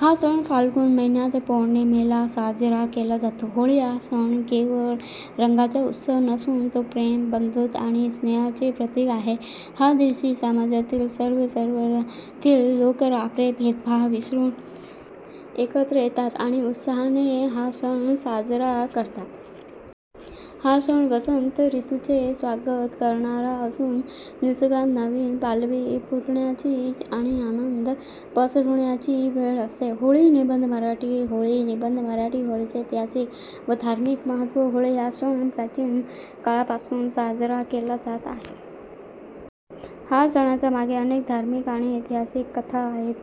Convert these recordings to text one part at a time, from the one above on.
हा सण फाल्गुन महिन्यात पौर्णिमेला साजरा केला जातो. होळी हा सण केवळ रंगांचा उत्सव नसून तो प्रेम, बंधुत्व आणि स्नेहाचे प्रतीक आहे. या दिवशी समाजातील सर्व स्तरातील लोक आपले भेदभाव विसरून एकत्र येतात आणि उत्साहाने हा सण साजरा करतात. हा सण वसंत ऋतूचे स्वागत करणारा असून निसर्गात नवीन पालवी फुटण्याची आणि आनंद पसरवण्याची वेळ असते. होळी निबंध मराठी होळी निबंध मराठी होळीचे ऐतिहासिक व धार्मिक महत्त्व. होळी हा सण प्राचीन काळापासून साजरा केला जात आहे. ह्या सणाच्या मागे अनेक धार्मिक आणि ऐतिहासिक कथा आहेत.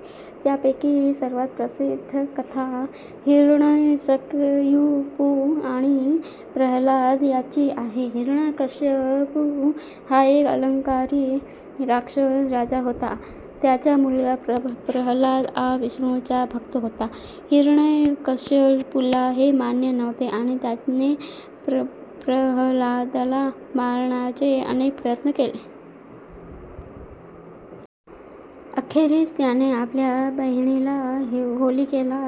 त्यापैकी सर्वात प्रसिद्ध कथा हिरण्यकश्यपू आणि प्रल्हाद यांची आहे. हिरण्यकश्यपू हा एक अहंकारी राक्षस राजा होता. त्याचा मुलगा प्रल्हाद हा विष्णूचा भक्त होता. हिरण्यकश्यपूला हे मान्य नव्हते आणि त्याने प्रल्हादाला मारण्याचे अनेक प्रयत्न केले. अखेरीस त्याने आपल्या बहिणीला, होलिकेला,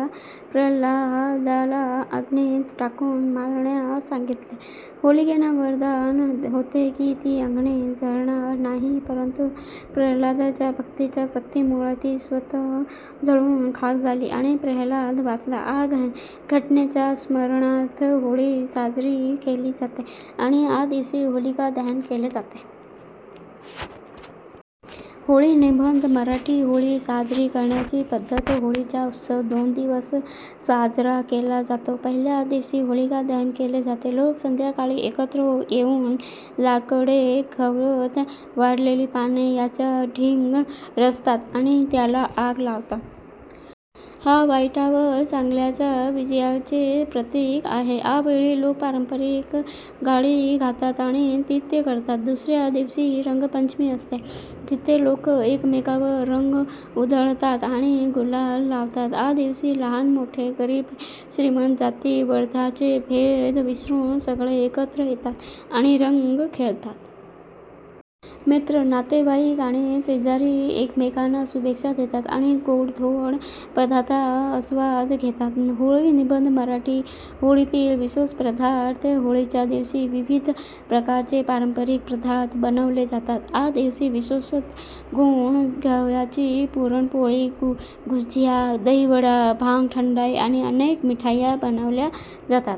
प्रल्हादाला अग्नीत टाकून मारण्यास सांगितले. होलिकेला वरदान होते की ती अग्नीत जळणार नाही, परंतु प्रल्हादाच्या भक्तीच्या शक्तीमुळे ती स्वतः जळून खाक झाली आणि प्रल्हाद वाचला. या घटनेच्या स्मरणार्थ होळी साजरी केली जाते आणि या दिवशी होलिका दहन केले जाते. होळी निबंध मराठी होळी साजरी करण्याची पद्धत. होळीचा उत्सव दोन दिवस साजरा केला जातो. पहिल्या दिवशी होलिका दहन केले जाते. लोक संध्याकाळी एकत्र येऊन लाकडे, गवत, वाळलेली पाने यांचा ढीग रचतात आणि त्याला आग लावतात. हे वाईटावर चांगल्याच्या विजयाचे प्रतीक आहे. या वेळी लोक पारंपरिक गाणी गातात आणि नृत्य करतात. दुसऱ्या दिवशी रंगपंचमी असते, जिथे लोक एकमेकांवर रंग उधळतात आणि गुलाल लावतात. या दिवशी लहान मोठे, गरीब श्रीमंत, जाती धर्माचे भेद विसरून सगळे एकत्र येतात आणि रंग खेळतात. मित्र, नातेवाईक आणि शेजारी एकमेकांना शुभेच्छा देतात आणि गोडधोड पदार्थांचा आस्वाद घेतात. होळी निबंध मराठी होळीतील विशेष पदार्थ. होळीच्या दिवशी विविध प्रकारचे पारंपरिक पदार्थ बनवले जातात. या दिवशी विशेषतः गूळ गव्हाची पुरणपोळी, गुझिया, दहीवडा, भांग ठंडाई आणि अनेक मिठाया बनवल्या जातात.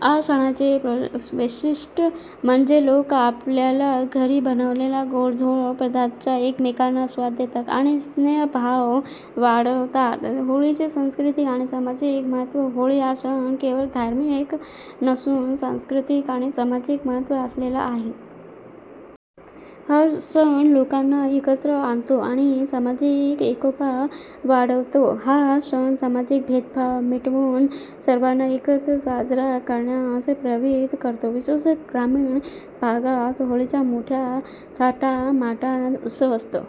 आ सणाचे वैशिष्ट्य म्हणजे लोक आपापल्या घरी बनवलेल्या गोडधोड पदार्थांचा एकमेकांना स्वाद देतात आणि स्नेहभाव वाढवतात. होळीचे सांस्कृतिक आणि सामाजिक महत्त्व. होळी हा सण केवळ धार्मिक नसून सांस्कृतिक आणि सामाजिक महत्त्व असलेला आहे. हा सण लोकांना एकत्र आणतो आणि सामाजिक एकोपा वाढवतो. हा सण सामाजिक भेदभाव मिटवून सर्वांना एकत्र साजरा करण्यास प्रवृत्त करतो. विशेषतः ग्रामीण भागात होळीचा मोठ्या थाटामाटात उत्सव असतो.